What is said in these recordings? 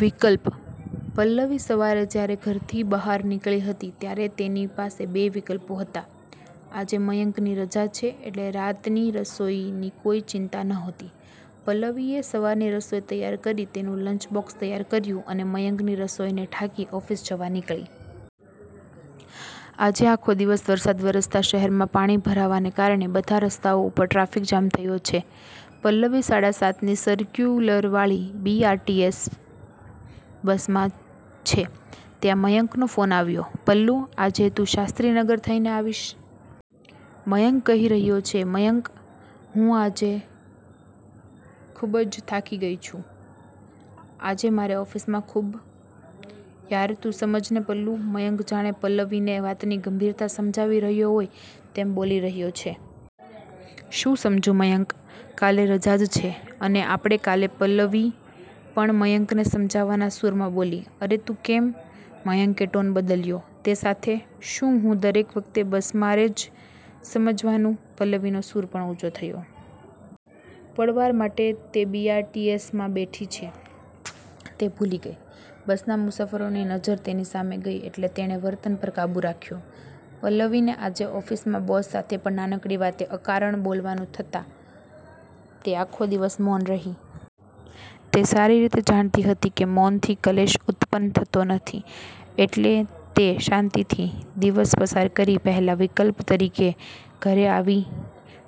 વિકલ્પ: પલ્લવી સવારે જ્યારે ઘરથી બહાર નીકળી હતી ત્યારે તેની પાસે બે વિકલ્પો હતા! આજે મયંકની રજા છે, એટલે રાતની રસોઈની કોઈ ચિંતા નહોતી. પલ્લવીએ સવારની રસોઈ તૈયાર કરી તેનું લન્ચબોક્સ તૈયાર કર્યું અને મયંકની રસોઈને ઢાંકી ઓફીસ જવા નીકળી ગઈ. આજે આખો દિવસ વરસાદ વરસતા શહેરમાં પાણી ભરાવાને કારણે બધા રસ્તાઓ ઉપર ટ્રાફિક જામ થયો છે. પલ્લવી સાડા સાત ની સરક્યુલરવાળી બી.આર.ટી.એસ. બસમાં છે. ત્યાં મયંકનો ફોન આવ્યો, "પલ્લુ, આજે તું શાસ્ત્રીનગર થઈને આવીશ?" મયંક કહી રહ્યો છે. "મયંક હું આજે ખૂબ જ થાકી ગઈ છું. આજે મારે ઓફીસમાં ખૂબ." "યાર તું સમજ ને પલ્લુ." મયંક જાણે પલ્લવવીને વાતની ગંભીરતા સમજાવી રહ્યો હોય તેમ બોલી રહ્યો છે! "શું સમજુ મયંક? કાલે રજા જ છે, અને આપણે કાલે," પલ્લવી પણ મયંકને સમજાવવાના સૂરમાં બોલી."'અરે… તું કેમ?" મયંકે ટોન બદલ્યો. તે સાથે "શું, હું? દરેક વખતે બસ મારે જ સમજવાનું?" પલ્લવીનો સૂર પણ ઉંચો થયો. પળવાર માટે તે બી.આર.ટી.એસ.માં બેઠી છે તે ભૂલી ગઈ. બસના મુસાફરોની નજર તેની સામે ગઈ એટલે તેણે વર્તન પર કાબૂ રાખ્યો. પલ્લવીને આજે ઓફિસમાં બોસ સાથે પણ નાનકડી વાતે અકારણ બોલવાનું થતા તે આખો દિવસ મૌન રહી. તે સારી રીતે જાણતી હતી કે મૌનથી ક્લેશ ઉતપન્ન થતો નથી, એટલે તે શાંતિથી દિવસ પસાર કરી પહેલા વિકલ્પ તરીકે ઘરે આવી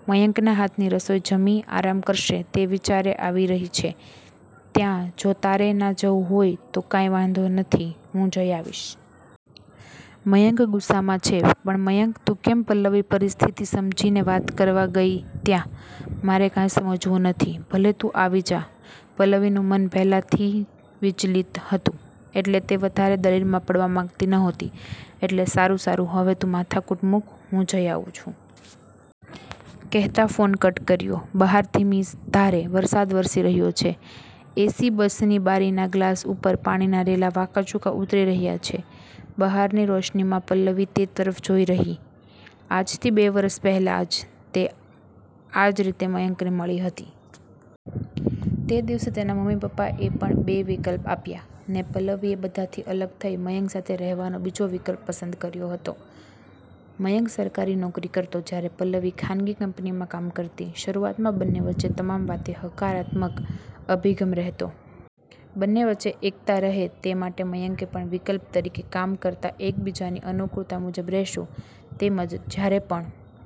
મયંકના હાથની રસોઈ જમી, આરામ કરશે તે વિચારે આવી રહી છે, ત્યાં, "જો તારે ના જવું હોય તો કાંઈ વાંધો નથી હું જઈ આવીશ." મયંક ગુસ્સામાં છે. "પણ મયંક તું કેમ?" પલ્લવી પરિસ્થિતિ સમજીને વાત કરવા ગઈ ત્યાં, "મારે કાંઈ સમજવું નથી, ભલે તું આવી જા". પલ્લવીનું મન પહેલાથી વિચલિત હતું એટલે તે વધારે દલીલમાં પડવા માંગતી નહોતી એટલે, "સારું-સારું હવે, તું માથાકૂટ મૂક, હું જઈ આવું છું". કહેતા ફોન કટ કર્યો. બહાર ધીમી ધારે વરસાદ વરસી રહ્યો છે. એ.સી. બસની બારીના ગ્લાસ ઊપર પાણીના રેલા વાંકાચૂકા ઊતરી રહ્યા છે. બહારની રોશનીમાં પલ્લવી તે તરફ જોઈ રહી. આજથી બે વરસ પહેલાં જ તે આજ રીતે મયંકને મળી હતી. તે દિવસે તેના મમ્મી-પપ્પા એ પણ બે વિકલ્પ આપ્યા, ને પલ્લવીએ બધાથી અલગ થઈ મયંક સાથે રહેવાનો બીજો વિકલ્પ પસંદ કર્યો હતો. મયંક સરકારી નોકરી કરતો, જયારે પલ્લવી ખાનગી કંપનીમાં કામ કરતી. શરૂઆતમાં બંને વચ્ચે તમામ વાતે હકારાત્મક અભિગમ રહેતો. બંને વચ્ચે એકતા રહે તે માટે મયંકે પણ વિકલ્પ તરીકે કામ કરતા એક બીજાની અનુકૂળતા મુજબ રહેશું, તેમજ જ્યારે પણ